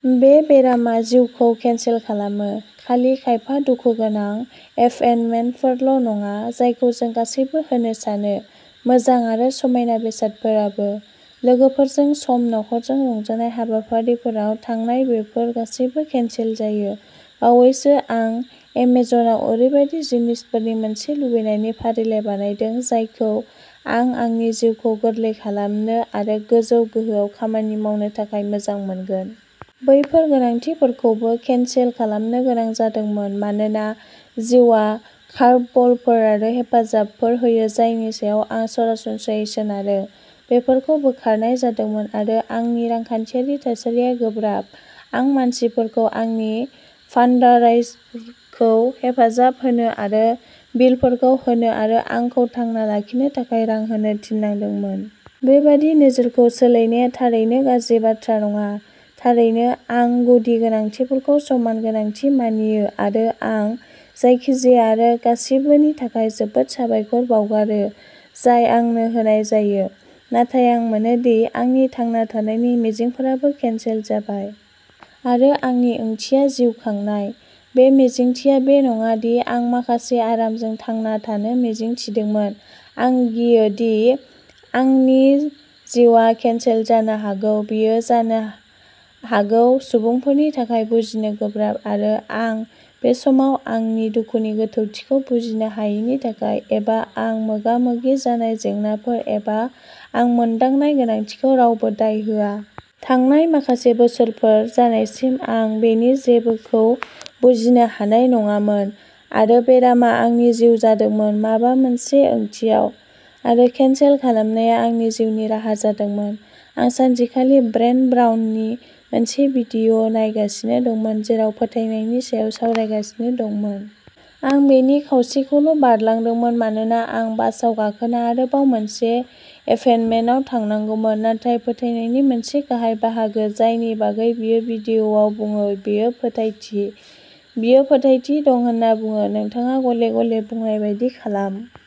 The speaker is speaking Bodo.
बे बेरामा जिउखौ केनसेल खालामो। खालि खायफा दुखुगोनां एपइन्टमेन्टफोरल'नङा, जायखौ जों गासैबो होनो सानो। मोजां आरो समायना बेसादफोराबो। लोगोफोरजों सम, नखरजों रंजानाय, हाबाफारिफोराव थांनायबेफोर गासैबो केनसेल जायो। बावैसो आं एमेजनआव ओरैबायदि जिनिसफोरनि मोनसे लुबैनायनि फारिलाइ बानायदों जायखौ आं आंनि जिउखौ गोरलै खालामनो आरो गोजौ गोहोआव खामानि मावनो थाखाय मोजां मोनगोन। बैफोर गोनांथिफोरखौबो केनसेल खालामनो गोनां जादोंमोन, मानोना जिउआ कार्भ बलफोर आरो हेफाजाबफोर होयो जायनि सायाव आं सरासनस्रायै सोनारो, बेफोरखौ बोखारनाय जादोंमोन, आरो आंनि रांखान्थियारि थासारिया गोब्राब। आं मानसिफोरखौ आंनि फान्डाराइजारखौ हेफाजाब होनो आरो बिलफोरखौ होनो आरो आंखौ थांना लाखिनो थाखाय रां होनो थिननांदोंमोन। बेबादि नोजोरखौ सोलायनाया थारैनो गाज्रि बाथ्रा नङा। थारैनो, आं गुदि गोनांथिफोरखौ समान गोनांथि मानियो, आरो आं जायखिजाया आरो गासिबोनि थाखाय जोबोद साबायखर बावगारो जाय आंनो होनाय जायो। नाथाय आं मोनो दि आंनि थांना थानायनि मिजिंफोराबो केनसेल जाबाय। आरो आंनि ओंथिया जिउ खांनाय। बे मिजिंथिया बे नङा दि आं माखासे आरामजों थांना थानो मिजिं थिदोंमोन। आं गियो दि आंनि जिउआ केनसेल जानो हागौ। बेयो जानो हागौ सुबुंफोरनि थाखाय बुजिनो गोब्राब। आरो आं बे समाव आंनि दुखुनि गोथौथिखौ बुजिनो हायैनि थाखाय, एबा आं मोगा-मोगि जानाय जेंनाफोर, एबा आं मोनदांनाय गोनांथिखौ रावबो दाय होआ। थांनाय माखासे बोसोरफोर जानायसिम आं बेनि जेबोखौ बुजिनो हानाय नङामोन, आरो बेरामआ आंनि जिउ जादोंमोन, माबा मोनसे ओंथियाव। आरो केनसेल खालामनाया आंनि जिउनि राहा जादोंमोन। आं सानसेखालि ब्रेन ब्राउननि मोनसे भिडिअ'नायगासिनो दंमोन जेराव फोथायनायनि सायाव सावरायगासिनो दंमोन। आं बेनि खावसेखौल'बारलांदोंमोन मानोना आं बासआव गाखोना आरोबाव मोनसे एपइन्टमेन्टआव थांनांगौमोन। नाथाय फोथायनायनि मोनसे गाहाय बाहागो जायनि बागै बियो भिडिअ'आव बुङो बेयो फोथायथि। बियो फोथायथि दं होनना बुङो। नोंथाङा "गले-गले" बुंनाय बायदि खालाम।